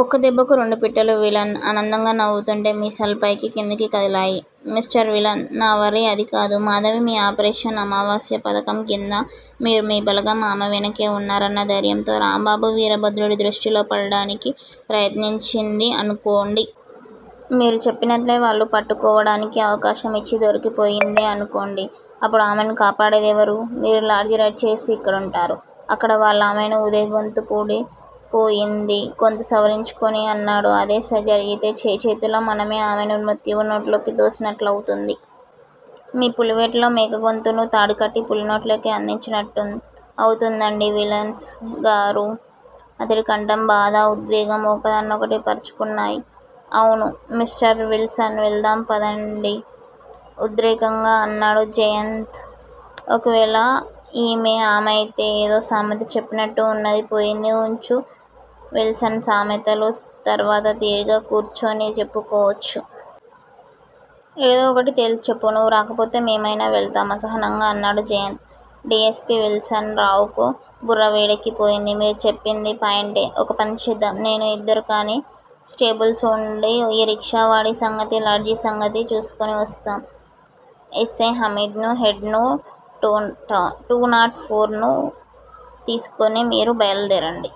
ఒక్క దెబ్బకు రెండు పిట్టలు విలన్ ఆనందంగా నవ్వుతుంటే మీసాలు పైకీ కిందకూ కదిలాయి. Mister villain. నా వర్రీ అదికాదు. మాధవి మీ ఆపరేషన్ అమావాస్య పథకంకింద మీరు మీ బలగం ఆమె వెనకే, ఉన్నారన్న ధైర్యంతో, రాంబాబు వీరభద్రుడి దృష్టిలో పడడానికి ప్రయత్నించింది అనుకోండి! మీరు చెప్పినట్టే వాళ్ళు పట్టుకోవడానికి అవకాశం ఇచ్చి దొరికిపోయిందే అనుకోండి అప్పుడు ఆమెను కాపాడేదెవరూ? మీరు లాడ్జి రైడ్ చేస్తూ ఇక్కడుంటారు. అక్కడ వాళ్ళామెను ఉదయ్ గొంతు పూడి పోయింది. గొంతు సవరించుకొని అన్నాడు అదే జరిగితే చేచేతులా మనమే ఆమెను మృత్యువు నోట్లోకి తోసినట్లవుతుంది. మీ పులివేటలో మేకగొంతుకు తాడుకట్టి పులినోట్లోకి అందించినట్టు అవుతుందండి విలన్స్ గారూ? అతడి కంఠం బాధా, ఉద్వేగం ఒకదాన్నొకటి పరుచుకొన్నాయి. అవును! మిస్టర్ విల్సన్ వెళ్దాం పదండి ఉద్రేకంగా అన్నాడు జయంత్. ఒకవేళ ఈమే ఆమైతే, ఏదో సామెత చెప్పినట్టు ఉన్నదీ పోయింది ఉంచు విల్సన్ సామెతలు తర్వాత తీరిగ్గా కూర్చొని చెప్పుకోవచ్చు. ఏదో ఒకటి తెల్చిచెప్పు. నువ్వు రాకపోతే మేమైనా వెళ్తాం అసహనంగా అన్నాడు Jayant. D. S. P. Wilson రావుకు బుర్రవేడెక్కిపోయింది. మీరు చెప్పిందీ పాయింటే. ఒకపని చేద్దాం. నేను, ఇద్దరు కాని స్టేబుల్సూ వుండి, ఈ రిక్షావాడి సంగతీ, లాడ్జి సంగతి చూసుకొనివస్తాం. ఎస్సై హామీద్ నూ, హెడ్ నూ, టూనాట్ ఫోర్ నూ తీసుకొని మీరు బయలుదేరండి.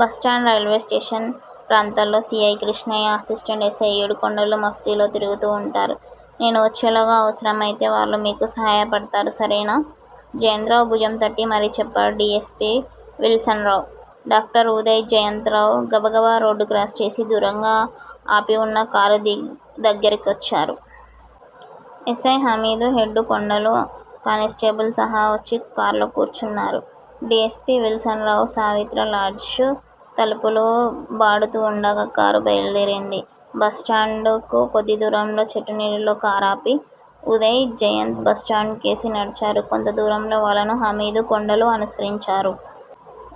బస్ స్టాండూ, రైల్వే స్టేషన్ ప్రాంతాల్లో సి. ఐ. కృష్ణయ్యా, అసిస్టెంట్ ఎస్సై ఏడుకొండలూ మఫ్టిలో తిరుగుతూ వుంటారు. నేను వచ్చేలోగా అవసరం అయితే వాళ్ళు మీకు సహాయపడ్తారు. సరేనా? జయంత్ రావు భుజంతట్టి మరీ చెప్పాడు D. S. P. Wilson Rao. Doctor Uday, Jayantha Rao, గబగబారోడ్డు క్రాస్ చేసి దూరంగా ఆపివున్న కారు దగ్గిరకొచ్చారు. ఎస్సై హమీదూ, హెడ్డు కొండలూ, కానిస్టేబుల్ సహవచ్చి కార్లో కూర్చున్నారు. D. S. P Wilson Rao, సావిత్రిలాడ్జి తలుపులు బాడుతూవుండగా కారు బయలుదేరింది. బస్ స్టాండు కు కొద్దిదూరంలో చెట్టునీడలో కారాపి, ఉదయ్, జయంత్ బస్ స్టాండు కేసి నడిచారు. కొంతదూరంలో వాళ్ళను హమీదూ, కొండలూ అనుసరించారు.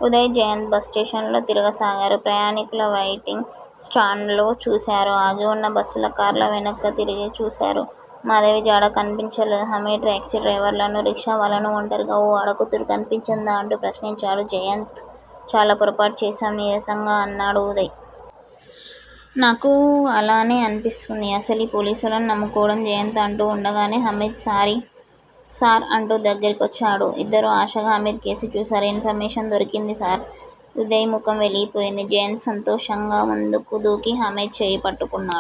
ఉదయ్, జయంత్, బస్ స్టేషన్ లో తిరగసాగారు. ప్రయాణీకుల వైటింగ్ స్టాండులు చూశారు. ఆగివున్న బస్సుల, కార్ల వెనక తిరిగిచూశారు. మాధవిజాడ కన్పించలేదు. హమీద్ టాక్సీ డ్రైవర్లనూ, రిక్షావాళ్ళానూ, ఒంటరిగా ఓ ఆడకూతురు కన్పించిందా అంటూ ప్రశ్నించాడు. జయంత్! చాలా పొరపాటు చేశాం నీరసంగా అన్నాడు ఉదయ్. నాకూ అలాగే అన్పిస్తుంది. అసలీ పోలీసోళ్ళను నమ్ముకోవడం జయంత్ అంటూ ఉండగానే హమీద్ సారీ! సార్ అంటూ దగ్గర కొచ్చాడు. ఇద్దరూ ఆశగా హమీద్ కేసి చూశారు. ఇన్ ఫర్ మేషన్ దొరికింది సార. ఉదయ్ ముఖం వెలిగిపోయింది. జయంత్ సంతోషంగా ముందుకు దూకి హమీద్ చెయ్యిపట్టుకొన్నాడు.